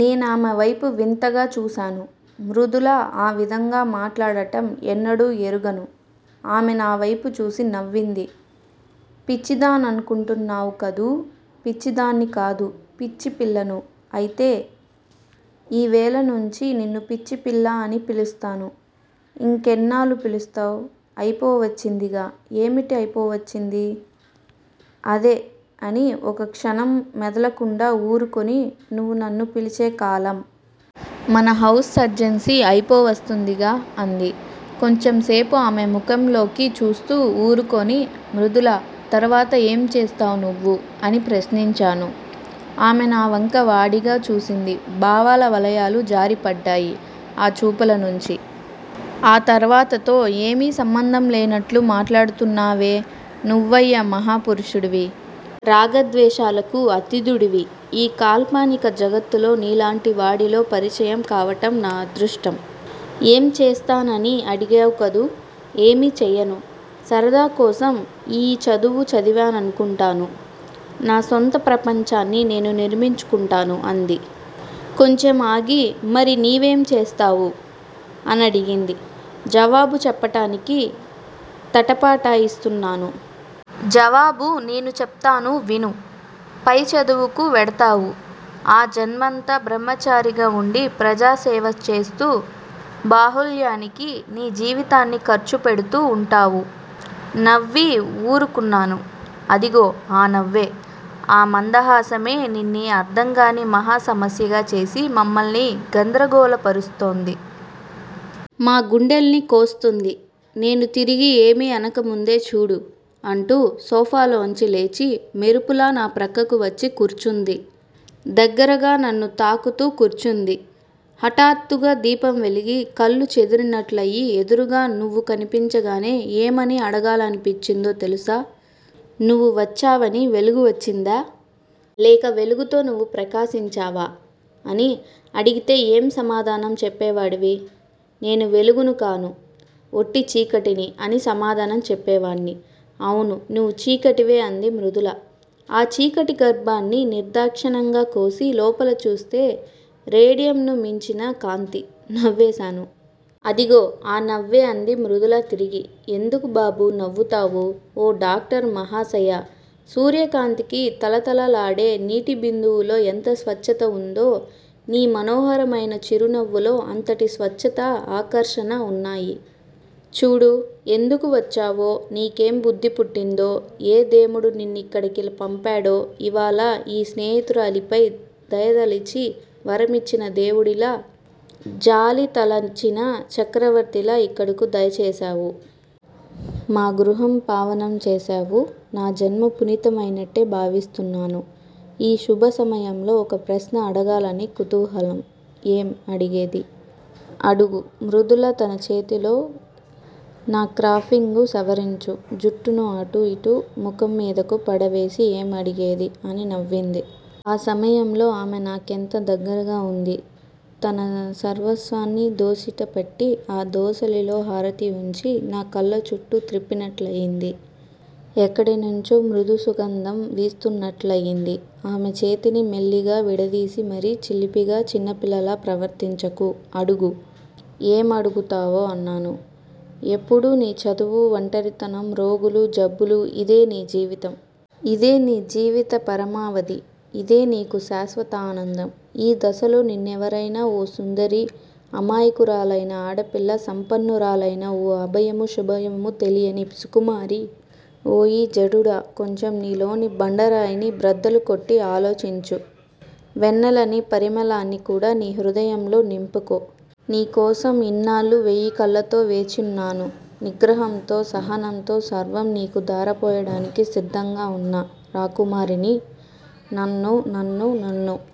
నేనామెవైపు వింతగా చూశాను. మృదుల ఆ విధంగా మాట్లాడటం ఎన్నడూ ఎరుగను. ఆమె నావైపు చూసి నవ్వింది. పిచ్చిదాన్ననుకుంటున్నావు కదూ! పిచ్చిదాన్ని కాదు పిచ్చిపిల్లను. అయితే యివేళ నుంచి నిన్ను 'పిచ్చిపిల్లా' అని పిలుస్తాను. ఇంకెన్నాళ్ళు పిలుస్తావు? అయిపోవచ్చిందిగా ఏమిటి అయిపోవచ్చింది? అదే అని ఒకక్షణం మెదలకుండా ఊరుకుని నువ్వు నన్ను పిలిచేకాలం. మన హౌస్ సర్జన్సీ అయిపోవస్తుందిగా అంది. కొంచెంసేపు ఆమె ముఖంలోకి చూస్తూ ఊరుకుని మృదులా! తర్వాత ఏం చేస్తావు నువ్వు? అని ప్రశ్నించాను. ఆమె నావంక వాడిగా చూసింది భావాల వలయాలు జారిపడ్డాయి ఆ చూపులనుంచి. ఆ తర్వాతతో ఏమీ సంబంధంలేనట్లు మాట్లాడుతున్నావే నువ్వయ్యా మహా పురుషుడివి. రాగద్వేషాలకు అతీతుడివి. ఈ కాల్పనిక జగత్తులో నీలాంటివాడిలో పరిచయం కావటం నా అదృష్టం. ఏం చేస్తానని అడిగావు కదూ! ఏమీ చెయ్యను. సరదాకోసం యీ చదువు చదివాననుకుంటాను. నా సొంత ప్రపంచాన్ని నేను నిర్మించుకుంటాను అంది. కొంచెం ఆగి మరి నీవేమి చేస్తావు? అనడిగింది. జవాబు చెప్పటానికి తటపటాయిస్తున్నాను. జవాబు నేను చెపుతున్నాను విను. పై చదువుకు వెడతావు. ఆజన్మాంత బ్రహ్మచారిగా వుండి ప్రజాసేవ చేస్తూ బాహుళ్యానికి నీ జీవితాన్ని ఖర్చు పెడుతూ వుంటావు. నవ్వి ఊరుకున్నాను. అదిగో ఆ నవ్వే, ఆ మందహాసమే నిన్నీ అర్ధంకాని మహా సమస్యగా చేసి మమ్మల్ని గంద్రగోళ పరుస్తోంది. మా గుండెల్ని కోస్తుంది. నేను తిరిగి ఏమీ అనక ముందే చూడూ! అంటూ సోఫాలోంచి లేచి, మెరుపులా నా ప్రక్కకు వచ్చి కూర్చుంది. దగ్గరగా, నన్ను తాకుతూ కూర్చుంది. హటాత్తుగా దీపం వెలిగి, కళ్ళు చెదిరినట్లయి ఎదురుగా నువ్వు కనిపించగానే ఏమని అడగాలనిపించిందో తెలుసా? నువ్వు వచ్చావని వెలుగు వచ్చిందా? లేక వెలుగుతో నువ్వు ప్రకాశించావా? ' అని. అడిగితే ఏం సమాధానం చెప్పేవాడివి? నేను వెలుగునుకాను. వొట్టి చీకటిని! అని సమాధానం చెప్పేవాణ్ని. అవును, నువ్వు చీకటివే అంది మృదుల. ఆ చీకటి గర్భాన్ని నిర్ధాక్షిణ్యంగా కోసి, లోపల చూస్తే రేడియమ్ ని మించిన కాంతి నవ్వేశాను. అదిగో ఆ నవ్వే అంది మృదుల తిరిగి. ఎందుకు బాబూ! నవ్వుతావు! ఓ డాక్టర్ మహాశయా! సూర్యకాంతికి తళతళలాడే నీటి బిందువులో ఎంత స్వచ్చత వుందో, నీ మనోహరమైన చిరునవ్వులో అంతటి స్వచ్చతా, ఆకర్షణా వున్నాయి. చూడూ! ఎందుకు వచ్చావో, నీకేం బుద్ధి పుట్టిందో, ఏ దేముడు నిన్నిక్కడికెళ్ళి పంపాడో యివాళ యీ స్నేహితురాలిపై దయతలచి, వరమిచ్చిన దేవుడిలా, జాలితలచిన చక్రవర్తిలా యిక్కడకు దయ చేశావు. మా గృహం పావనం చేశావు. నా జన్మ పునీతమైనట్టే భావిస్తున్నాను. ఈ శుభసమయంలో ఒక ప్రశ్న అడగాలని కుతూహలం. ఏం? అడిగేదీ? అడుగు మృదుల తన చేతిలో నా క్రాఫింగు సవరించు, జుట్టును అటూ యిటూ, ముఖం మీదకు పడవేసి ఏం అడిగేదీ? అని నవ్వింది. ఆ సమయంలో ఆమె నాకెంత దగ్గరగా వుంది! తన సర్వస్వాన్నీ దోసిట పెట్టి, ఆ దోసిలిలో హారతి వుంచి, నా కళ్ళచుట్టు త్రిప్పినట్లయింది. ఎక్కడినుంచో మృదు సుగంధం వీస్తున్నట్లయింది. ఆమె చేతిని మెల్లిగా విడదీసి మరీ చిలిపిగా, చిన్నపిల్లలా ప్రవర్తించకు! అడుగు. ఏమడుగుతావో అన్నాను. ఎప్పుడూ నీ చదువు, వంటరితనం, రోగులు, జబ్బులు_యిదే నీ జీవితం. ఇదే నీ జీవిత పరమావధి. ఇదే నీకు శాశ్వతానందం. ఈ దశలో నిన్నెవరైనా ఓ సుందరి, అమాయకురాలైన ఆడపిల్ల సంపన్నురాలైన ఓ అభమూ శుభమూ తెలియని సుకుమారి 'ఓయి జడుడా! కొంచెం నీలోని బండరాయిని బ్రద్దలు కొట్టి ఆలోచించు. వెన్నెలనీ, పరిమళాన్నీ కూడా నీ హృదయంలో నింపుకో. నీకోసం యిన్నాళ్ళు వెయ్యి కళ్ళతో వేచివున్నాను. నిగ్రహంతో, సహనంతో సర్వం నీకు ధారపోయటానికి సిద్ధంగా వున్న రాకుమారిని. నన్ను నన్ను నన్ను